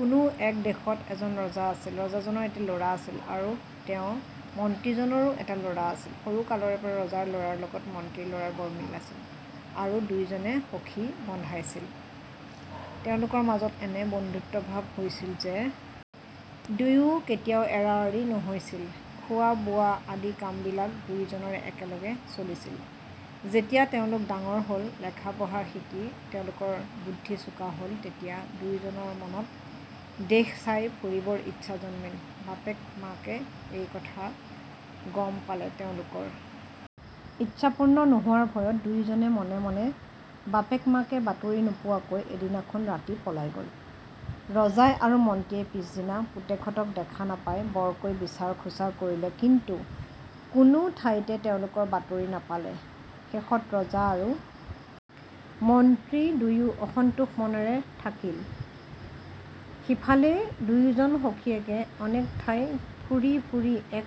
কোনো এক দেশত এজন ৰজা আছিল৷ ৰজাজনৰ এটা ল'ৰা আছিল; আৰু তেওঁৰ মন্ত্ৰীজনৰো এটি ল'ৰা আছিল৷ সৰুকালৰেপৰা ৰজাৰ ল'ৰাৰ লগত মন্ত্ৰীৰ লৰাৰ বৰ মিল আছিল; আৰু দুয়োজনে সখি বান্ধাইছিল৷ তেওঁলোকৰ মাজত এনে বন্ধুত্ব ভাৱ হৈছিল যে দুয়ো কেতিয়াও এৰাএৰি নহৈছিল৷ খোৱা-বোৱা আদি কামবিলাক দুয়োজনৰে একেলেগে চলিছিল৷ যেতিয়া তেওঁলোক ডাঙৰ হ'ল, লেখা-পঢ়া শিকি তেওঁলোকৰ বুদ্ধি চোকা হ'ল তেতিয়া দুয়োজনৰ মনত দেশ চাই ফুৰিবৰ ইচ্ছা জন্মিল৷ বাপেক-মাকে এই কথাৰ গম পালে তেওঁলোকৰ ইচ্ছা পূৰ্ণ নোহোৱাৰ ভয়ত দুয়োজনে মনে মনে বাপেক-মাকে বাতৰি নোপোৱাকৈ এদিনাখন ৰাতি পলাই গ'ল৷ ৰজাই আৰু মন্ত্ৰীয়ে পাছ দিনা পুতেকহঁতক দেখা নাপাই বৰকৈ বিচাৰ-খোচাৰ কৰিলে, কিন্তু কোনো ঠাইতে তেওঁলোকৰ বাতৰি নেপালে৷ শেষত ৰজা আৰু মন্ত্ৰী দুয়ো অসন্তোষ মনেৰে থাকিল৷ সিফালে দুয়োজন সখিয়েকে অনেক ঠাই ফুৰি ফুৰি এক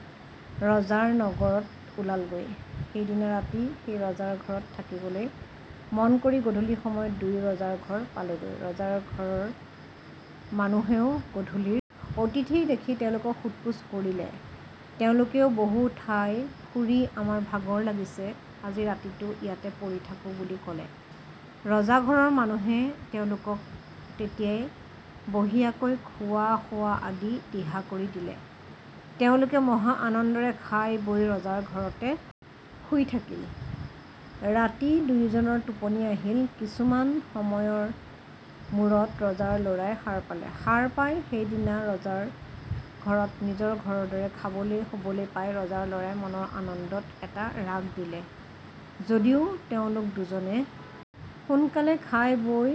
ৰজাৰ নগৰত ওলালগৈ৷ সেইদিনা ৰাতি সেই ৰজাৰ ঘৰত থাকিবলৈ মন কৰি গধূলি সময়ত দুয়ো ৰজাৰ ঘৰ পালেগৈ৷ ৰজাঘৰৰ মানুহেও গধূলিৰ অতিথি দেখি তেওঁলোকক সোধ-পোছ কৰিলে৷ তেওঁলোকেও, "বহুত ঠাই ফুৰি আমাৰ ভাগৰ লাগিছে, আজি ৰাতিটো ইয়াতে পৰি থাকোঁ"বুলি ক'লে৷ ৰজাঘৰৰ মানুহে তেওঁলোকক তেতিয়াই বঢ়িয়াকৈ খোৱা-শোৱা আদিৰ দিহা কৰি দিলে৷ তেওঁলোকে মহা আনন্দেৰে খাই-বৈ ৰজাৰ ঘৰতে শুই থাকিল৷ ৰাতি দুয়োজনৰ টোপনি আহিল৷ কিছুমান সময়ৰ মূৰত ৰজাৰ ল'ৰাই সাৰ পালে৷ সাৰ পাই, সেইদিনা ৰজাৰ ঘৰত নিজৰ ঘৰৰ দৰে খাবলৈ শুবলৈ পাই ৰজাৰ ল'ৰাই মনৰ আনন্দত এটা ৰাগ দিলে৷ যদিও তেওঁলোক দুজনে সোনকালে খাই-বৈ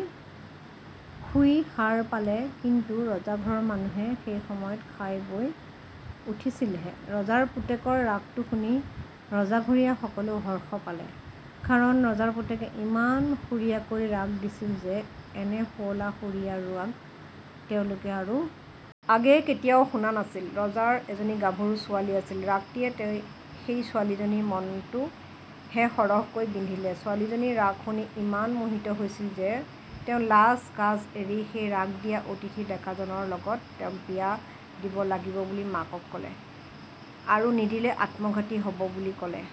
শুই সাৰ পালে কিন্তু ৰজাঘৰৰ মানুহে সেই সময়ত খাই-বৈ উঠিছিল হে৷ ৰজাৰ পুতেকৰ ৰাগটো শুনি ৰজাঘৰীয়া সকলোৱে হৰ্ষ পালে; কাৰণ ৰজাৰ পুতেকে ইমান সুৰীয়াকৈ ৰাগ দিছিল যে, এনে শুৱলা সুৰীয়া ৰাগ তেওঁলোকে আৰু আগেয়ে কেতিয়াও শুনা নাছিল৷ ৰজাৰ এজনী গাভৰু ছোৱালী আছিল৷ ৰাগটিয়ে সেই ছোৱালীজনীৰ মনটো হে সৰহকৈ বিন্ধিলে৷ ছোৱালীজনী ৰাগ শুনি ইমান মোহিত হৈছিল যে, তেওঁ লাজকাজ এৰি, সেই ৰাগ দিয়া অতিথি ডেকাজনৰ লগত তেওঁক বিয়া দিব লাগিব বুলি মাকক ক'লে আৰু নিদিলে আত্মঘাতী হব বুলি ক'লে৷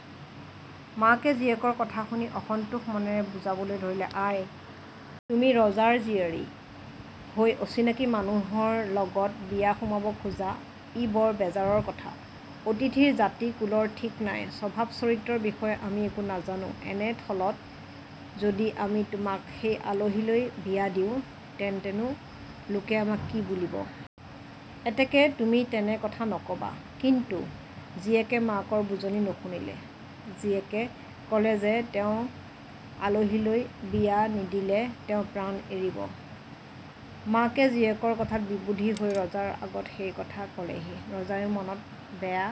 মাকে জীয়েকৰ কথা শুনি অসন্তোষ মনেৰে বুজাবলৈ ধৰিলে,-"আই! তুমি ৰজাৰ জীয়াৰী হৈ অচিনাকি মানুহৰ লগত বিয়া সোমাব খোজা, ই বৰ বেজাৰৰ কথা৷ অতিথিৰ জাতি-কুলৰ ঠিক নাই, স্বভাৱ-চৰিত্ৰৰ বিষয়ে আমি একো নেজানো, এনে থলত যদি আমি তোমাক সেই আলহীলৈ বিয়া দিওঁ তেন্তে নো লোকে আমাক কি বুলিব? এতেকে তুমি তেনে কথা নকবা৷ "কিন্তু জীয়েকে মাকৰ বুজনি নুশুনিলে৷ জীয়েকে ক'লে যে তেওঁক আলহীলৈ বিয়া নিদিলে তেওঁ প্ৰাণ এৰিব৷ মাকে জীয়েকৰ কথাত বিবুধি হৈ ৰজাৰ আগত সেই কথা ক'লেহি৷ ৰজায়ো মনত বেয়া